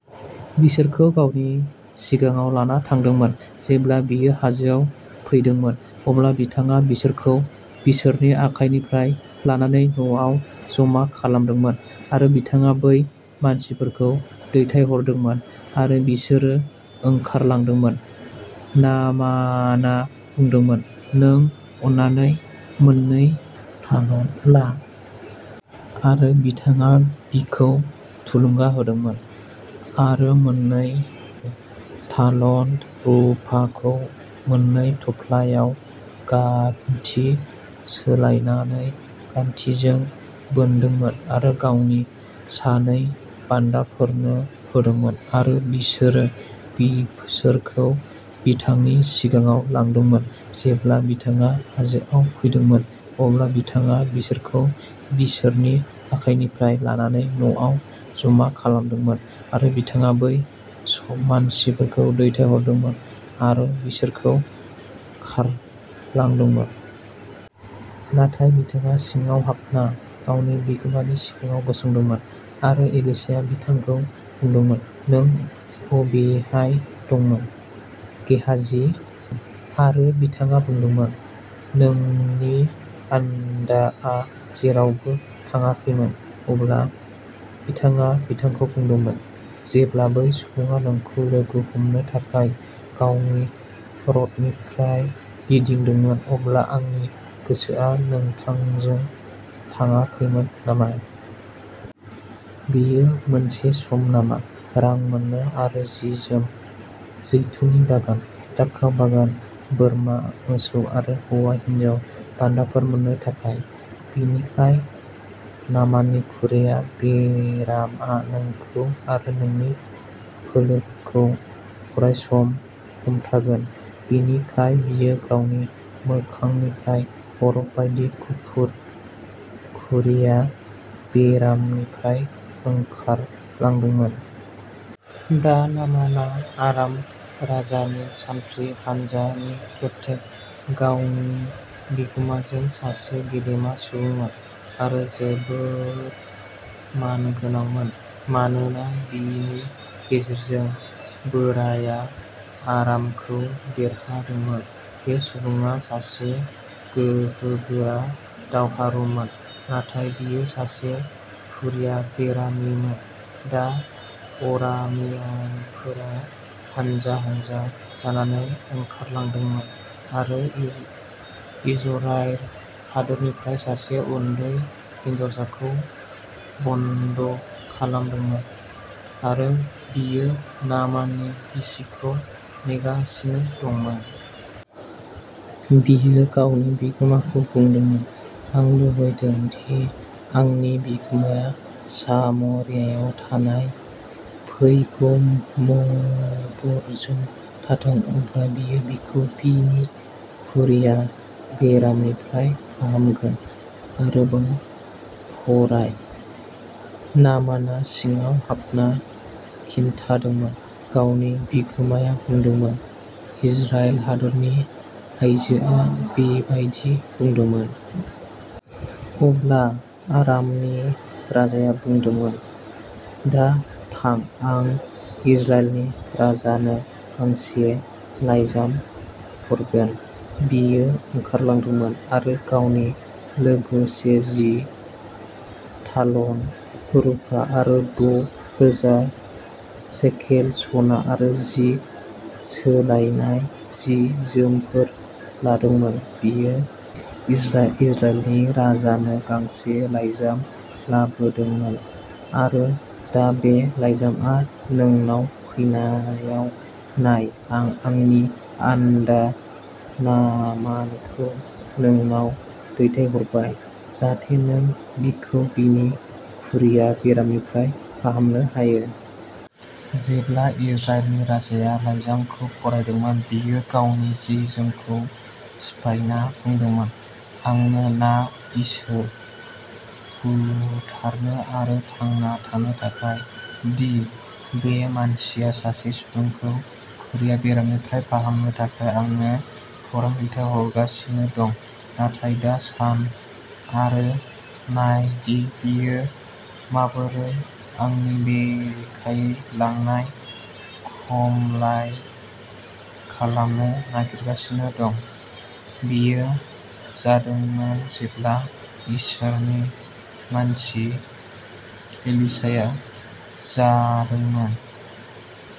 बिसोरखौ गावनि सिगाङाव लाना थांदोंमोन। जेब्ला बियो हाजोआव फैदोंमोन, अब्ला बिथाङा बिसोरखौ बिसोरनि आखाइनिफ्राय लानानै न'आव जमा खालामदोंमोन, आरो बिथाङा बै मानसिफोरखौ दैथायहरदोंमोन, आरो बिसोरो ओंखारलांदोंमोन। नामाना बुंदोंमोन, "नों अननानै मोननै तालन्त ला।" आरो बिथाङा बिखौ थुलुंगा होदोंमोन, आरो मोन्नै तालन्त रुफाखौ मोन्नै थफ्लायाव गान्थि सोलायनानै गान्थिजों बोनदोंमोन आरो गावनि सानै बान्दाफोरनो होदोंमोन आरो बिसोरो बिसोरखौ बिथांनि सिगाङाव लांदोंमोन। जेब्ला बिथाङा हाजोआव फैदोंमोन, अब्ला बिथाङा बिसोरखौ बिसोरनि आखाइनिफ्राय लानानै न'आव जमा खालामदोंमोन, आरो बिथाङा बै मानसिफोरखौ दैथायहरदोंमोन, आरो बिसोरखौ खारलांदोंमोन। नाथाय बिथाङा सिङाव हाबना गावनि बिगोमानि सिगाङाव गसंदोंमोन। आरो एलिशाया बिथांखौ बुंदोंमोन, "नों बबेहाय दंमोन, गेहाजी?" आरो बिथाङा बुंदोंमोन, "नोंनि बान्दाआ जेरावबो थाङाखैमोन।" अब्ला बिथाङा बिथांखौ बुंदोंमोन, "जेब्ला बै सुबुङा नोंखौ लोगो हमनो थाखाय गावनि रथनिफ्राय गिदिंदोंमोन, अब्ला आंनि गोसोआ नोंथांजों थाङाखैमोन नामा? बेयो मोनसे सम नामा? रां मोन्नो आरो जि जोम, जैतुननि बागान, द्राक्षा बागान, बोरमा मोसौ आरो हौवा हिन्जाव बान्दाफोर मोन्नो थाखाय? "बिनिखाय, नामाननि खुरिया बेरामआ नोंखौ आरो नोंनि फोलेरफोरखौ अरायसम हमथागोन।" बिनिखाय बियो गावनि मोखांनिफ्राय बरफ बायदि गुफुर खुरिया बेरामनिफ्राय ओंखारलांदोंमोन। दा नामाना, आराम राजानि सान्थ्रि हानजानि केप्तेन, गावनि बिगोमाजों सासे गेदेमा सुबुंमोन, आरो जोबोद मानगोनांमोन, मानोना बिनि गेजेरजों बोराया आरामखौ देरहादोंमोन। बे सुबुङा सासे गोहोगोरा दावहारुबोमोन, नाथाय बियो सासे खुरिया बेरामिमोन। दा अरामियानफोरा हान्जा हान्जा जानानै ओंखारलांदोंमोन आरो इज इजराइल हादोरनिफ्राय सासे उन्दै हिनजावसाखौ बन्द' खालामदोंमोन; आरो बियो नामाननि बिसिखौ नेगासिनो दंमोन। बियो गावनि बिगोमाखौ बुंदोंमोन, "आं लुबैदों दि आंनि बिगोमाया सामरियायाव थानाय पैगम्बरजों थाथों। अब्ला बियो बिखौ बिनि खुरिया बेरामनिफ्राय फाहामगोन।" आरोबाव फराय। नामानआ सिङाव हाबना खिन्थादोंमोन। गावनि बिगोमाया बुंदोंमोन, "इजराइल हादोरनि आइजोआ बेबायदि बुंदोंमोन।" अब्ला आरामनि राजाया बुंदोंमोन, "दा थां, आं इजराइलनि राजानो गांसे लाइजाम हरगोन।" बियो ओंखारलांदोंमोन आरो गावनि लोगोसे जि तालन्त रुपा आरो द' रोजा शेकेल सना आरो जि सोलायनाय जि जोमफोर लादोंमोन। बियो इजराइलनि राजानो गांसे लाइजाम लाबोदोंमोन, "आरो दा बे लाइजामआ नोंनाव फैनायाव, नाय, आं आंनि आन्दा नामानखौ नोंनाव दैथायहरबाय, जाहाथे नों बिखौ बिनि खुरिया बेरामनिफ्राय फाहामनो हायो।" जेब्ला इजराइलनि राजाया लाइजामखौ फरायदोंमोन, बियो गावनि जि जोमखौ सिफायना बुंदोंमोन, "आंनो ना इसोर, बुथारनो आरो थांना थानो थाखाय, दि बे मानसिया सासे सुबुंखौ खुरिया बेरामनिफ्राय फाहामनो थाखाय आंनो खौरां दैथायहरगासिनो दं? नाथाय दा सान, आरो नायदि बियो माबोरै आंनि बेरेखायै नांलाय खमलाय खालामनो नागिरगासिनो दं।" बेयो जादोंमोन जेब्ला इसोरनि मानसि एलिशाया जादोंमोन।